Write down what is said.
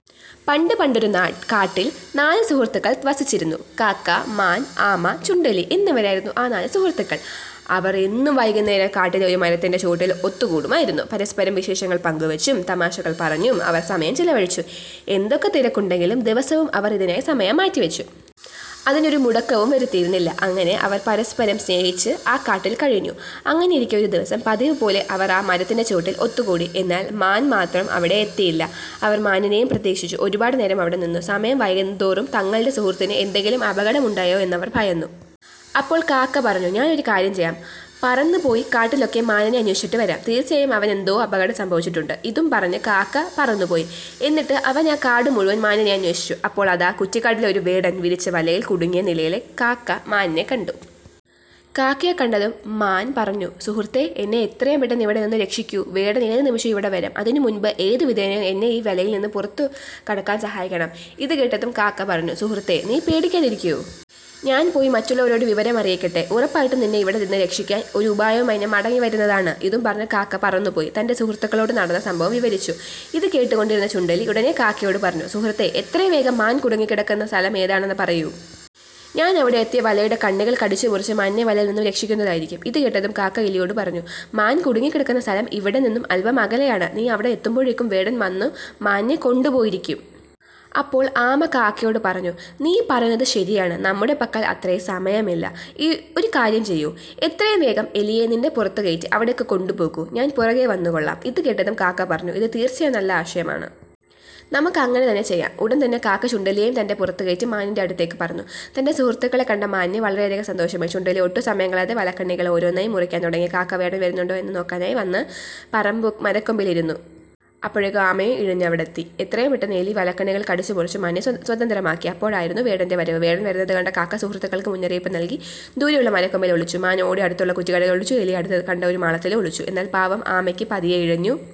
പണ്ടു പണ്ടൊരു കാട്ടിൽ നാല് സുഹൃത്തുക്കൾ വസിച്ചിരുന്നു. കാക്ക, മാൻ, ആമ, ചുണ്ടെലി എന്നിവരായിരുന്നു ആ നാല് സുഹൃത്തുക്കൾ. അവർ എന്നും വൈകുന്നേരം കാട്ടിലെ ഒരു മരത്തിന്റെ ചുവട്ടിൽ ഒത്തു കൂടുമായിരുന്നു. പരസ്പരം വിശേഷങ്ങൾ പങ്കുവച്ചും തമാശകൾ പറഞ്ഞും അവർ സമയം ചിലവഴിച്ചു. എന്തൊക്കെ തിരക്കുണ്ടെങ്കിലും ദിവസവും അവർ ഇതിനായി സമയം മാറ്റിവച്ചു. അതിനൊരു മുടക്കവും വരുത്തിയിരുന്നില്ല. അങ്ങനെ അവർ പരസ്പരം സ്നേഹിച്ചു ആ കാട്ടിൽ കഴിഞ്ഞു. അങ്ങനെയിരിക്കെ ഒരു ദിവസം പതിവു പോലെ അവർ ആ മരത്തിന്റെ ചുവട്ടിൽ ഒത്തുകൂടി. എന്നാൽ മാൻ മാത്രം അവിടെ എത്തിയില്ല. അവർ മാനിനെയും പ്രതീക്ഷിച്ചു ഒരുപാട് നേരം അവിടെ നിന്നു. സമയം വൈകുന്തോറും തങ്ങളുടെ സുഹൃത്തിന് എന്തെകിലും അപകടം ഉണ്ടായോ എന്നവർ ഭയന്നു. അപ്പോൾ കാക്ക പറഞ്ഞു "ഞാനൊരു കാര്യം ചെയ്യാം, പറന്നു പോയി കാട്ടിലൊക്കെ മാനിനെ അന്വേഷിച്ചിട്ട് വരാം. തീർച്ചയായും അവനു എന്തോ അപകടം സംഭവിച്ചിട്ടുണ്ട്. " ഇതും പറഞ്ഞു കാക്ക പറന്നു പോയി. എന്നിട്ട് അവൻ ആ കാടു മുഴുവൻ മാനിനെ അന്വേഷിച്ചു. അപ്പോൾ അതാ കുറ്റിക്കാട്ടിൽ ഒരു വേടൻ വിരിച്ച വലയിൽ കുടുങ്ങിയ നിലയിൽ കാക്ക മാനിനെ കണ്ടു. കാക്കയെ കണ്ടതും മാൻ പറഞ്ഞു "സുഹൃത്തേ, എന്നെ എത്രയും പെട്ടന്ന് ഇവിടെ നിന്നു രക്ഷിക്കൂ. വേടൻ ഏതു നിമിഷവും ഇവിടെ വരാം. അതിനു മുൻപ് ഏതു വിധേനയും എന്നെ ഈ വലയിൽ നിന്നു പുറത്തു കടക്കാൻ സഹായിക്കണം. " ഇതു കേട്ടതും കാക്ക പറഞ്ഞു. "സുഹൃത്തേ, നീ പേടിക്കാതിരിക്കൂ. ഞാൻ പോയി മറ്റുള്ളവരോട് വിവരം അറിയിക്കട്ടെ. ഉറപ്പായിട്ടും നിന്നെ ഇവിടെ നിന്നു രക്ഷിക്കാൻ ഒരു ഉപായവുമായി ഞാൻ മടങ്ങി വരുന്നതാണ്. " ഇതും പറഞ്ഞു കാക്ക പറന്നു പോയി തന്റെ സുഹൃത്തുക്കളോട് നടന്ന സംഭവം വിവരിച്ചു. ഇതു കേട്ടു കൊണ്ടിരുന്ന ചുണ്ടെലി ഉടനെ കാക്കയോട് പറഞ്ഞു "സുഹൃത്തേ, എത്രയും വേഗം മാൻ കുടുങ്ങി കിടക്കുന്ന സ്ഥലം ഏതാണെന്ന് പറയൂ. ഞാൻ അവിടെ എത്തി ആ വലയുടെ കണ്ണികൾ കടിച്ചു മുറിച്ചു മാനിനെ വലയിൽ നിന്ന് രക്ഷിക്കുന്നതായിരിക്കും. " ഇതു കേട്ടതും കാക്ക എലിയോട് പറഞ്ഞു "മാൻ കുടുങ്ങി കിടക്കുന്ന സ്ഥലം ഇവിടെ നിന്നും അല്പം അകലെയാണ്. നീ അവിടെ എത്തുമ്പോഴേക്കും വേടൻ വന്നു മാനിനെ കൊണ്ടു പോയിരിക്കും. " അപ്പോൾ ആമ കാക്കയോട് പറഞ്ഞു "നീ പറയുന്നത് ശരിയാണ് നമ്മുടെ പക്കൽ അത്രയും സമയം ഇല്ല. ഒരു കാര്യം ചെയ്യൂ, എത്രയും വേഗം എലിയെ നിന്റെ പുറത്തു കയറ്റി അവിടേക്ക് കൊണ്ടു പോകൂ. ഞാൻ പുറകേ വന്നു കൊള്ളാം. " ഇതു കേട്ടതും കാക്ക പറഞ്ഞു "ഇതു തീർച്ചയായും നല്ല ആശയമാണ്. നമുക്ക് അങ്ങനെ തന്നെ ചെയ്യാം. " ഉടൻ തന്നെ കാക്ക ചുണ്ടെലിയെയും തന്റെ പുറത്തു കയറ്റി മാനിന്റെ അടുത്തേക്ക് പറന്നു. തന്റെ സുഹൃത്തുക്കളെ കണ്ട മാനിന് വളരെയധികം സന്തോഷമായി. ചുണ്ടെലി ഒട്ടും സമയം കളയാതെ വലക്കണ്ണികൾ ഓരോന്നായി മുറിക്കാൻ തുടങ്ങി. കാക്ക വേടൻ വരുന്നുണ്ടോ എന്നു നോക്കാനായി പറന്നു മരക്കൊമ്പിൽ ഇരുന്നു. അപ്പോഴേക്കും ആമയും ഇഴഞ്ഞു അവിടെ എത്തി. എത്രയും പെട്ടന്ന് എലി വലക്കണ്ണികൾ കടിച്ചു മുറിച്ചു മാനിനെ സ്വതന്ത്രമാക്കി. അപ്പോഴായിരുന്നു വേടന്റെ വരവ്. വേടൻ വരുന്നത് കണ്ട കാക്ക സുഹൃത്തുക്കൾക്ക് മുന്നറിയിപ്പും നൽകി ദൂരെയുള്ള മരക്കൊമ്പിൽ ഒളിച്ചു. മാൻ ഓടി അടുത്തുള്ള കുറ്റിക്കാട്ടിൽ ഒളിച്ചു. എലി അടുത്തു കണ്ട ഒരു മാളത്തിലും ഒളിച്ചു. എന്നാൽ പാവം ആമയ്ക്ക് പതിയെ ഇഴഞ്ഞു